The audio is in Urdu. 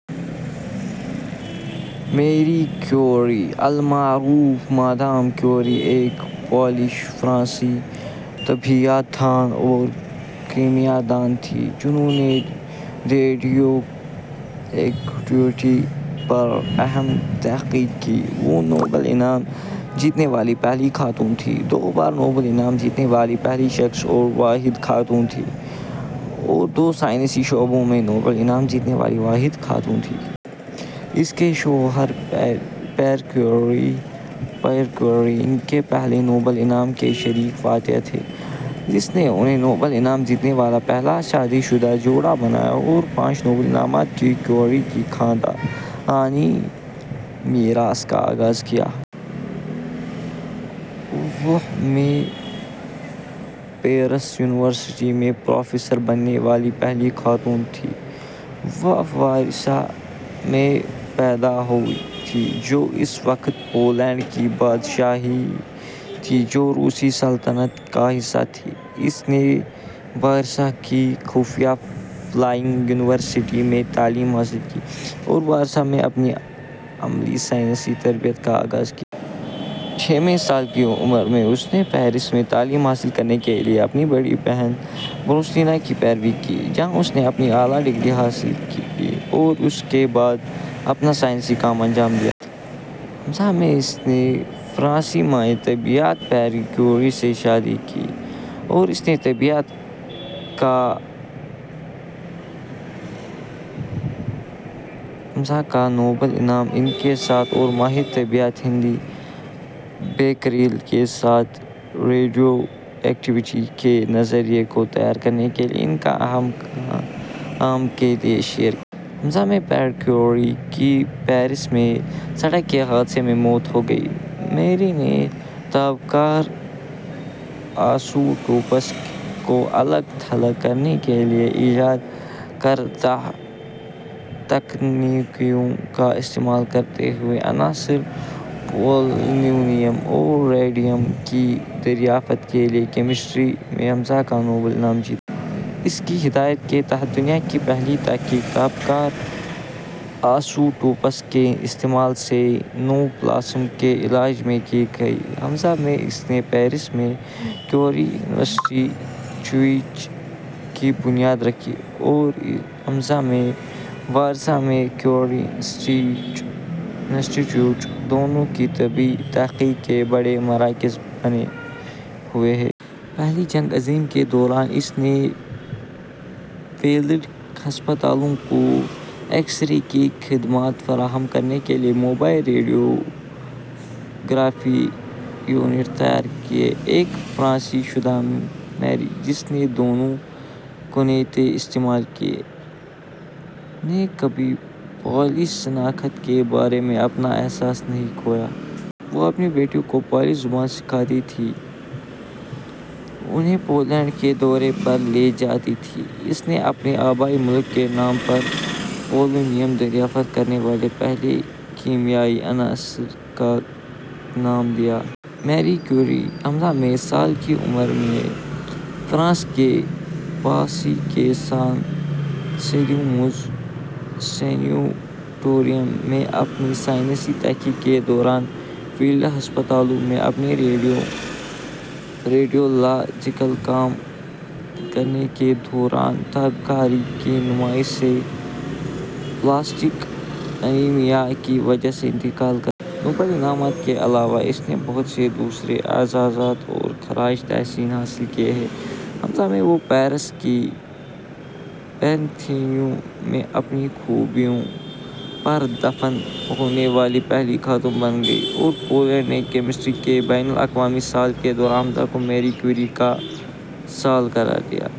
میری کیوری المعروف مادام کیوری ایک پولش-فرانسیسی طبیعیات دان اور کیمیا دان تھیں جنھوں نے ریڈیو ایکٹیویٹی پر اہم تحقیق کی۔ وہ نوبل انعام جیتنے والی پہلی خاتون تھیں، دو بار نوبل انعام جیتنے والی پہلی شخص اور واحد خاتون تھیں اور دو سائنسی شعبوں میں نوبل انعام جیتنے والی واحد خاتون تھیں۔ اس کے شوہر، پیئر کیوری، ان کے پہلے نوبل انعام کے شریک فاتح تھے، جس نے انھیں نوبل انعام جیتنے والا پہلا شادی شدہ جوڑا بنایا اور پانچ نوبل انعامات کی کیوری کی خاندانی میراث کا آغاز کیا۔ وہ ء میں پیرس یونیورسٹی میں پروفیسر بننے والی پہلی خاتون تھیں۔ وہ وارسا میں پیدا ہوئی تھی، جو اس وقت پولینڈ کی بادشاہی تھی، جو روسی سلطنت کا حصہ تھی۔ اس نے وارسا کی خفیہ فلائنگ یونیورسٹی میں تعلیم حاصل کی اور وارسا میں اپنی عملی سائنسی تربیت کا آغاز کیا۔ ء میں، سال کی عمر میں، اس نے پیرس میں تعلیم حاصل کرنے کے لیے اپنی بڑی بہن برونیسلاوا کی پیروی کی، جہاں اس نے اپنی اعلیٰ ڈگریاں حاصل کیں اور اس کے بعد اپنا سائنسی کام انجام دیا۔ ء میں اس نے فرانسیسی ماہر طبیعیات پیئر کیوری سے شادی کی اور اس نے طبیعیات کا ء کا نوبل انعام ان کے ساتھ اور ماہر طبیعیات ہنری بیکریل کے ساتھ "ریڈیو ایکٹیویٹی" کے نظریہ کو تیار کرنے کے لیے ان کے اہم کام کے لیے شیئر کیا۔ ء میں پیر کیوری کی پیرس میں سڑک کے حادثے میں موت ہو گئی۔ میری نے تابکار آسوٹوپس کو الگ تھلگ کرنے کے لیے ایجاد کردہ تکنیکوں کا استعمال کرتے ہوئے عناصر پولونیم اور ریڈیم کی دریافت کے لیے کیمسٹری میں ء کا نوبل انعام جیتا۔ اس کی ہدایت کے تحت، دنیا کی پہلی تحقیق تابکار آسوٹوپس کے استعمال سے نوپلاسم کے علاج میں کی گئی۔ ء میں اس نے پیرس میں کیوری انسٹی ٹیوٹ کی بنیاد رکھی اور ء میں وارسا میں کیوری انسٹی ٹیوٹ؛ دونوں طبی تحقیق کے بڑے مراکز بنے ہوئے ہیں۔ پہلی جنگ عظیم کے دوران اس نے فیلڈ ہسپتالوں کو ایکس رے کی خدمات فراہم کرنے کے لیے موبائل ریڈیوگرافی یونٹ تیار کیے۔ ایک فرانسیسی شہری، میری جس نے دونوں کنیتیں استعمال کیں، نے کبھی پولش شناخت کے بارے میں اپنا احساس نہیں کھویا۔ وہ اپنی بیٹیوں کو پولش زبان سکھاتی تھی اور انھیں پولینڈ کے دورے پر لے جاتی تھی۔ اس نے اپنے آبائی ملک کے نام پر پولونیم دریافت کرنے والے پہلے کیمیائی عنصر کا نام دیا۔ میری کیوری ء میں، سال کی عمر میں، فرانس کے پاسسی کے سان سیلیموز سینیٹوریم میں، اپنی سائنسی تحقیق کے دوران فیلڈ ہسپتالوں میں اپنے ریڈیولاجیکل کام کے دوران تابکاری کی نمائش سے اپلاسٹک انیمیا کی وجہ سے انتقال کر گئیں۔ نوبل انعامات کے علاوہ، اس نے بہت سے دوسرے اعزازات اور خراج تحسین حاصل کیے ہیں۔ ء میں وہ پیرس کے پینتھیون میں اپنی خوبیوں پر دفن ہونے والی پہلی خاتون بن گئیں اور پولینڈ نے کیمسٹری کے بین الاقوامی سال کے دوران ء کو میری کیوری کا سال قرار دیا۔